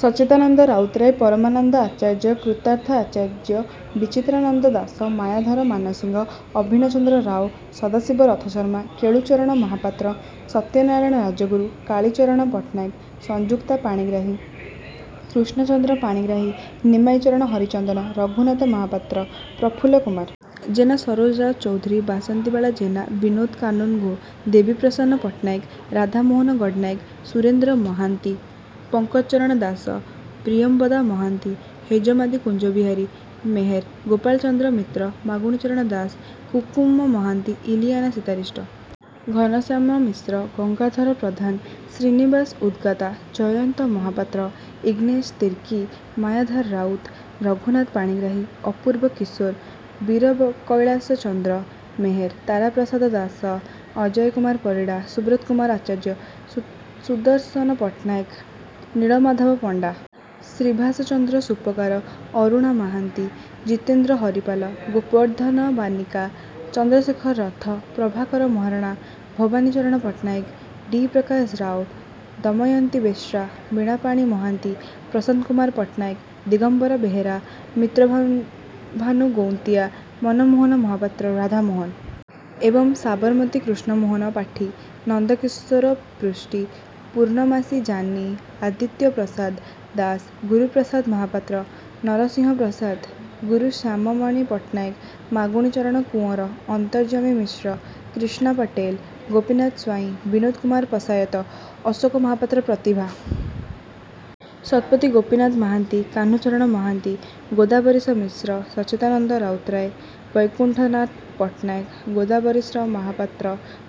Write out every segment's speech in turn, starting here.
ସଚ୍ଚିଦାନନ୍ଦ ରାଉତରାୟ ପରମାନନ୍ଦ ଆଚାର୍ଯ୍ୟ କୃତାର୍ଥ ଆଚାର୍ଯ୍ୟ ବିଚିତ୍ରାନନ୍ଦ ଦାସ ମାୟାଧର ମାନସିଂହ ଅଭିନ୍ନ ଚନ୍ଦ୍ର ରାଓ ସଦାଶିବ ରଥଶର୍ମା କେଳୁଚରଣ ମହାପାତ୍ର ସତ୍ୟନାରାୟଣ ରାଜଗୁରୁ କାଳୀଚରଣ ପଟ୍ଟନାୟକ ସଂଯୁକ୍ତା ପାଣିଗ୍ରାହୀ କୃଷ୍ଣଚନ୍ଦ୍ର ପାଣିଗ୍ରାହୀ ନିମାଇଁ ଚରଣ ହରିଚନ୍ଦନ ରଘୁନାଥ ମହାପାତ୍ର ପ୍ରଫୁଲ୍ଲ କୁମାର ଜେନା ସରୋଜ ରାଜ ଚୌଧୁରୀ ବାସନ୍ତୀବାଳା ଜେନା ବିନୋଦ କାନୁନଗୋ ଦେବୀପ୍ରସନ୍ନ ପଟ୍ଟନାୟକ ରାଧାମୋହନ ଗଡ଼ନାୟକ ସୁରେନ୍ଦ୍ର ମହାନ୍ତି ପଙ୍କଜ ଚରଣ ଦାସ ପ୍ରିୟମ୍ବଦା ମହାନ୍ତି ହେଜମାଦି କୁଞ୍ଜ ବିହାରୀ ମେହେର ଗୋପାଳ ଚନ୍ଦ୍ର ମିତ୍ର ମାଗୁଣି ଚରଣ ଦାସ କୁଙ୍କୁମ Mohanty Ileana Citaristi Ghanashyam Mishra Gangadhar Pradhan Srinivas Udgata Jayanta Mohapatra Ignace Tirkey Mayadhar Raut Raghunath Panigrahi Apurba Kishore Bir Kailash Chandra Meher Taraprasad Das Ajay Kumar Parida Subrat Kumar Acharya Sudarshan Pattanaik Nila Madhab Panda Sribhash Chandra Supakar Aruna Mohanty Jitendra Haripal Gobardhan Panika Chandrasekhar Rath Prabhakar Maharana Bhabani Charan Pattanaik D Prakash Rao Damayanti Besra Binapani Mohanty Prashant Kumar Pattanaik Digambar Behera Mitrabhanu Gauntia Manmohan Mohapatra Radhamohan ଏବଂ ସାବରମତୀ କୃଷ୍ଣମୋହନ ପାଠୀ ନନ୍ଦକିଶୋର ପୃଷ୍ଟି ପୂର୍ଣ୍ଣମାସୀ ଜାନୀ ଆଦିତ୍ୟ ପ୍ରସାଦ ଦାଶ ଗୁରୁପ୍ରସାଦ ମହାପାତ୍ର ନରସିଂହ ପ୍ରସାଦ ଗୁରୁ ଶ୍ୟାମାମଣି ପଟ୍ଟନାୟକ ମାଗୁଣି ଚରଣ କୁଅଁର ଅନ୍ତର୍ଯ୍ୟାମୀ ମିଶ୍ର କ୍ରିଷ୍ଣା ପଟେଲ ଗୋପୀନାଥ ସ୍ୱାଇଁ ବିନୋଦ କୁମାର ପଶାୟତ ଅଶୋକ ମହାପାତ୍ର ପ୍ରତିଭା ଶତପଥୀ ଗୋପୀନାଥ ମହାନ୍ତି କାହ୍ନୁ ଚରଣ ମହାନ୍ତି ଗୋଦାବରୀଶ ମିଶ୍ର ସଚ୍ଚିଦାନନ୍ଦ ରାଉତରାୟ ବୈକୁଣ୍ଠନାଥ ପଟ୍ଟନାୟକ ଗୋଦାବରୀଶ ମହାପାତ୍ର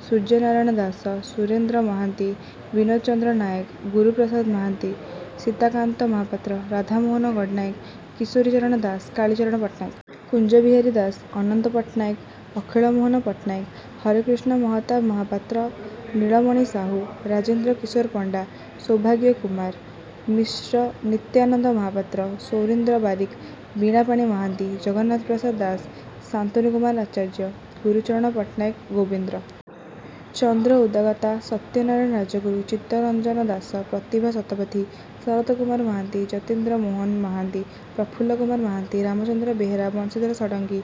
ସୂର୍ଯ୍ୟନାରାୟଣ ଦାଶ ସୁରେନ୍ଦ୍ର ମହାନ୍ତି ବିନୋଦ ଚନ୍ଦ୍ର ନାୟକ ଗୁରୁ ପ୍ରସାଦ ମହାନ୍ତି ସୀତାକାନ୍ତ ମହାପାତ୍ର ରାଧାମୋହନ ଗଡ଼ନାୟକ କିଶୋରୀ ଚରଣ ଦାସ କାଳୀଚରଣ ପଟ୍ଟନାୟକ କୁଞ୍ଜବିହାରୀ ଦାଶ ଅନନ୍ତ ପଟ୍ଟନାୟକ ଅଖିଳ ମୋହନ ପଟ୍ଟନାୟକ ହରେକୃଷ୍ଣ ମହତାବ ମହାପାତ୍ର ନୀଳମଣି ସାହୁ ରାଜେନ୍ଦ୍ର କିଶୋର ପଣ୍ଡା ସୌଭାଗ୍ୟ କୁମାର ମିଶ୍ର ନିତ୍ୟାନନ୍ଦ ମହାପାତ୍ର ସୌରୀନ୍ଦ୍ର ବାରିକ ବୀଣାପାଣି ମହାନ୍ତି ଜଗନ୍ନାଥ ପ୍ରସାଦ ଦାସ ଶାନ୍ତନୁ କୁମାର ଆଚାର୍ଯ୍ୟ ଗୁରୁଚରଣ ପଟ୍ଟନାୟକ ଗୋବିନ୍ଦ୍ର ଚନ୍ଦ୍ର ଉଦଗାତା ସତ୍ୟନାରାୟଣ ରାଜଗୁରୁ ଚିତ୍ତରଞ୍ଜନ ଦାସ ପ୍ରତିଭା ଶତପଥୀ ଶରତ କୁମାର ମହାନ୍ତି ଯତୀନ୍ଦ୍ର ମୋହନ ମହାନ୍ତି ପ୍ରଫୁଲ୍ଲ କୁମାର ମହାନ୍ତି ରାମଚନ୍ଦ୍ର ବେହେରା ବଂଶୀଧର ଷଡ଼ଙ୍ଗୀ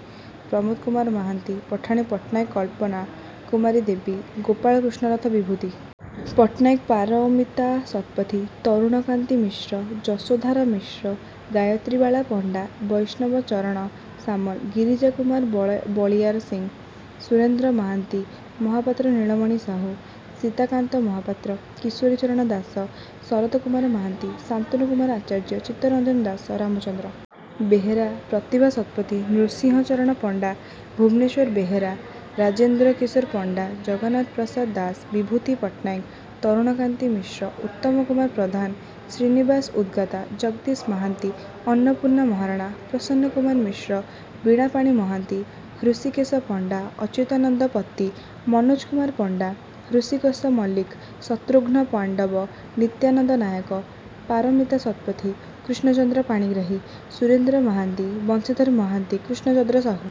ପ୍ରମୋଦ କୁମାର ମହାନ୍ତି ପଠାଣି ପଟ୍ଟନାୟକ କଳ୍ପନା କୁମାରୀ ଦେବୀ ଗୋପାଳ କୃଷ୍ଣ ରଥ ବିଭୂତି ପଟ୍ଟନାୟକ ପାରମିତା ଶତପଥୀ ତରୁଣକାନ୍ତି ମିଶ୍ର ଯଶୋଧାରା ମିଶ୍ର ଗାୟତ୍ରୀବାଳା ପଣ୍ଡା ବୈଷ୍ଣବ ଚରଣ ସାମଲ ଗିରିଜାକୁମାର ବଳୀୟାରସିଂହ ସୁରେନ୍ଦ୍ର ମହାନ୍ତି ମହାପାତ୍ର ନୀଳମଣି ସାହୁ ସୀତାକାନ୍ତ ମହାପାତ୍ର କିଶୋରୀ ଚରଣ ଦାସ ଶରତ କୁମାର ମହାନ୍ତି ଶାନ୍ତନୁ କୁମାର ଆଚାର୍ଯ୍ୟ ଚିତ୍ତରଞ୍ଜନ ଦାସ ରାମଚନ୍ଦ୍ର ବେହେରା ପ୍ରତିଭା ଶତପଥୀ ନୃସିଂହ ଚରଣ ପଣ୍ଡା ଭୁବନେଶ୍ଵର ବେହେରା ରାଜେନ୍ଦ୍ର କିଶୋର ପଣ୍ଡା ଜଗନ୍ନାଥ ପ୍ରସାଦ ଦାସ ବିଭୂତି ପଟ୍ଟନାୟକ ତରୁଣକାନ୍ତି ମିଶ୍ର ଉତ୍ତମ କୁମାର ପ୍ରଧାନ ଶ୍ରୀନିବାସ ଉଦ୍ଗାତା ଜଗଦୀଶ ମହାନ୍ତି ଅନ୍ନପୂର୍ଣ୍ଣା ମହାରଣା ପ୍ରସନ୍ନ କୁମାର ମିଶ୍ର ବୀଣାପାଣି ମହାନ୍ତି ହୃଷୀକେଶ ପଣ୍ଡା ଅଚ୍ୟୁତାନନ୍ଦ ପତି ମନୋଜ କୁମାର ପଣ୍ଡା ହୃଷୀକେଶ ମଲ୍ଲିକ ଶତ୍ରୁଘ୍ନ ପାଣ୍ଡବ ନିତ୍ୟାନନ୍ଦ ନାୟକ ପାରମିତା ଶତପଥୀ କୃଷ୍ଣଚନ୍ଦ୍ର ପାଣିଗ୍ରାହୀ ସୁରେନ୍ଦ୍ର ମହାନ୍ତି ବଂଶୀଧର ମହାନ୍ତି କୃଷ୍ଣଚନ୍ଦ୍ର ସାହୁ।